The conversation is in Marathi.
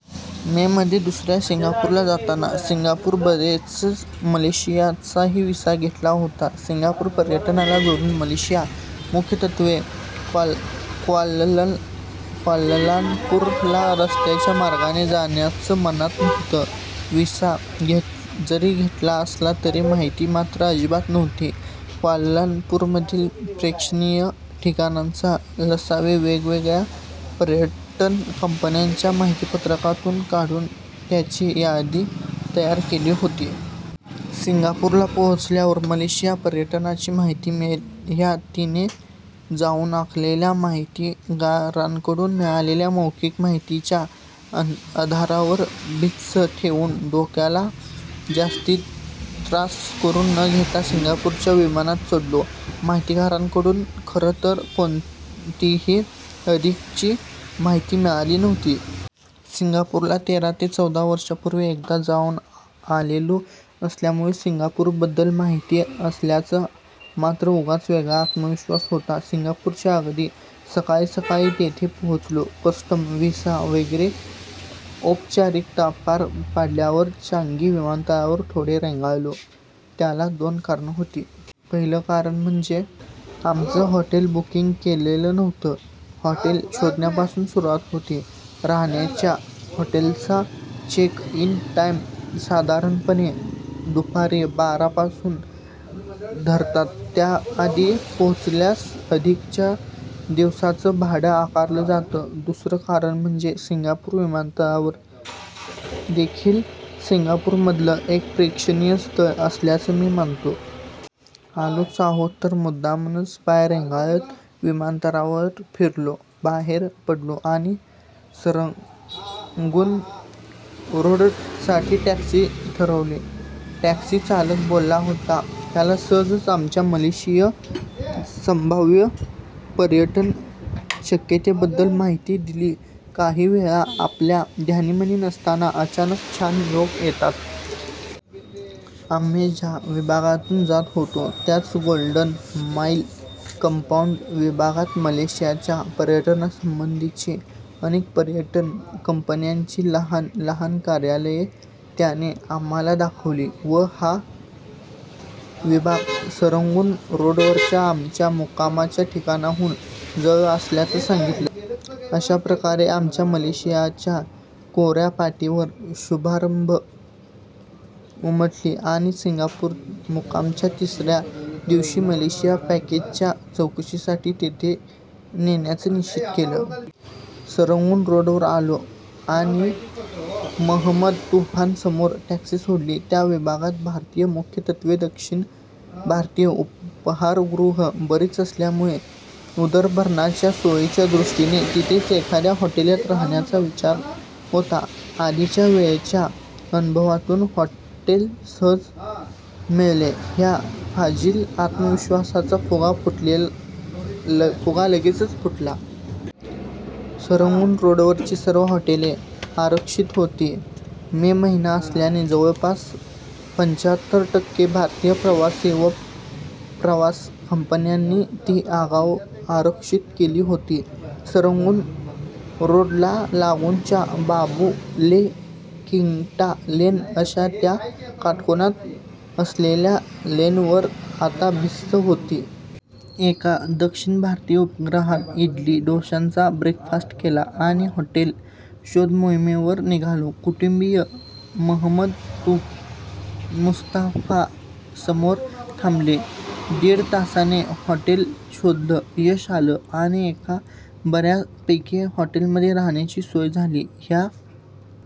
मे मधे दुसऱ्यांदा सिंगापूरला जाताना, सिंगापूर बरोबरच मलेशियाचाही व्हिसा घेतला होता. सिंगापूर पर्यटनाला जोडून मलेशियाला, मुख्यत्वे क्वालालंपूरला रस्त्याच्या मार्गाने जाण्याचं मनात होतं. व्हिसा जरी घेतला असला तरी माहिती मात्र अजिबात नव्हती. क्वालालंपूरमधील प्रेक्षणीय ठिकाणांचा 'लसावि' वेगवेगळ्या पर्यटन कंपन्यांच्या माहितीपत्रकांतून काढून त्याची यादी तयार केली होती. 'सिंगापूरला पोहोचल्यावर मलेशिया पर्यटनाची माहिती मिळेल' ह्या तिथे जाऊन आलेल्या 'माहितगारांकडून' मिळालेल्या मौखिक माहितीच्या आधारावर भिस्त ठेवून, डोक्याला जास्ती त्रास करून न घेता सिंगापूरच्या विमानात चढलो. माहितगारांकडूनही खरंतर कोणतीही अधिकची माहिती मिळाली नव्हती. सिंगापूरला तेरा- चौदा वर्षांपूर्वी, एकदा जाऊन आलेलो असल्यामुळे, सिंगापूरबद्दल माहिती असल्याचा मात्र उगाच वेगळा आत्मविश्वास होता. सिंगापूरच्या अगदी सक्काळी सक्काळी तिथे पोहोचलो. कस्टम, व्हिसा वगैरे औपचारिकता पार पडल्यावर, चांगी विमानतळावर थोडं रेंगाळलो. त्याला दोन कारणं होती. पहिलं कारण म्हणजे, आमचं हॉटेल बुकिंग केलेलं नव्हतं. हॉटेल शोधण्यापासून सुरुवात होती. राहण्याच्या हॉटेलांचा 'चेक इन टाईम' साधारणपणे दुपारी बारा पासून धरतात, त्याआधी पोहोचल्यास अधिकच्या दिवसाचं भाडं आकारलं जातं. दुसरं कारण म्हणजे सिंगापूर विमानतळ हे देखील सिंगापूरमधलं एक प्रेक्षणीय स्थळ असल्याचं मी मानतो. आलोच आहोत तर मुद्दामच पाय रेंगाळत, विमानतळावर फिरलो. बाहेर पडलो आणि सरंगून रोडसाठी टॅक्सी ठरवली. टॅक्सी चालक बोलका होता. त्याला सहजच आमच्या मलेशियाच्या संभाव्य पर्यटन शक्यतेबद्दल माहिती दिली. काही वेळा, आपल्या ध्यानीमनी नसताना अचानक छान योग येतात. आम्ही ज्या विभागातून जात होतो त्याच 'गोल्डन माईल कंपाउंड' विभागात मलेशियाच्या पर्यटनासंबंधीची अनेक पर्यटन कंपन्यांची लहान लहान कार्यालयं त्याने आम्हाला दाखवली व हा विभाग सरंगून रोडवरच्या आमच्या मुक्कामाच्या ठिकाणाहून जवळ असल्याचं सांगितलं. अशाप्रकारे आमच्या मलेशियाच्या कोऱ्या पाटीवर शुभाक्षरं उमटली आणि सिंगापूर मुक्कामाच्या तिसऱ्या दिवशी मलेशिया पॅकेजच्या चौकशीसाठी तिथे येण्याचं निश्चित केलं. सरंगून रोडवर आलो आणि 'महंमद मुस्तफा'समोर टॅक्सी सोडली. त्या विभागात भारतीय, मुख्यत्वे दक्षिण भारतीय उपहारगृह बरीच असल्यामुळे, उदरभरणाच्या सोयीच्या दृष्टीने, तिथेच एखाद्या हॉटेलात राहायचा विचार होता. आधीच्या वेळच्या अनुभवातून हॉटेल सहज मिळेल ह्या फाजील आत्मविश्वासाचा फुगा लगेचच फुटला. सरंगून रोडवरची सर्व हॉटेलं आरक्षित होती. मे महिना असल्याने जवळपास पंच्याहत्तर टक्के भारतीय प्रवासी व प्रवास कंपन्यांनी ती आगाऊ आरक्षित केली होती. सरंगून रोडला लागूनच्या बाबू लेन, किंटा लेन अशा त्याला काटकोनात असलेल्या लेनवर आता भिस्त होती. एका दक्षिण भारतीय उपहारगृहात इडली, डोशांचा ब्रेकफास्ट केला आणि हॉटेल शोधमोहिमेवर निघालो. कुटुंबीय महंमद मुस्तफासमोर थांबले. दीड तासाने हॉटेल शोधनाला यश आलं आणि एका बऱ्यापैकी हॉटेलमध्ये राहायची सोय झाली. ह्या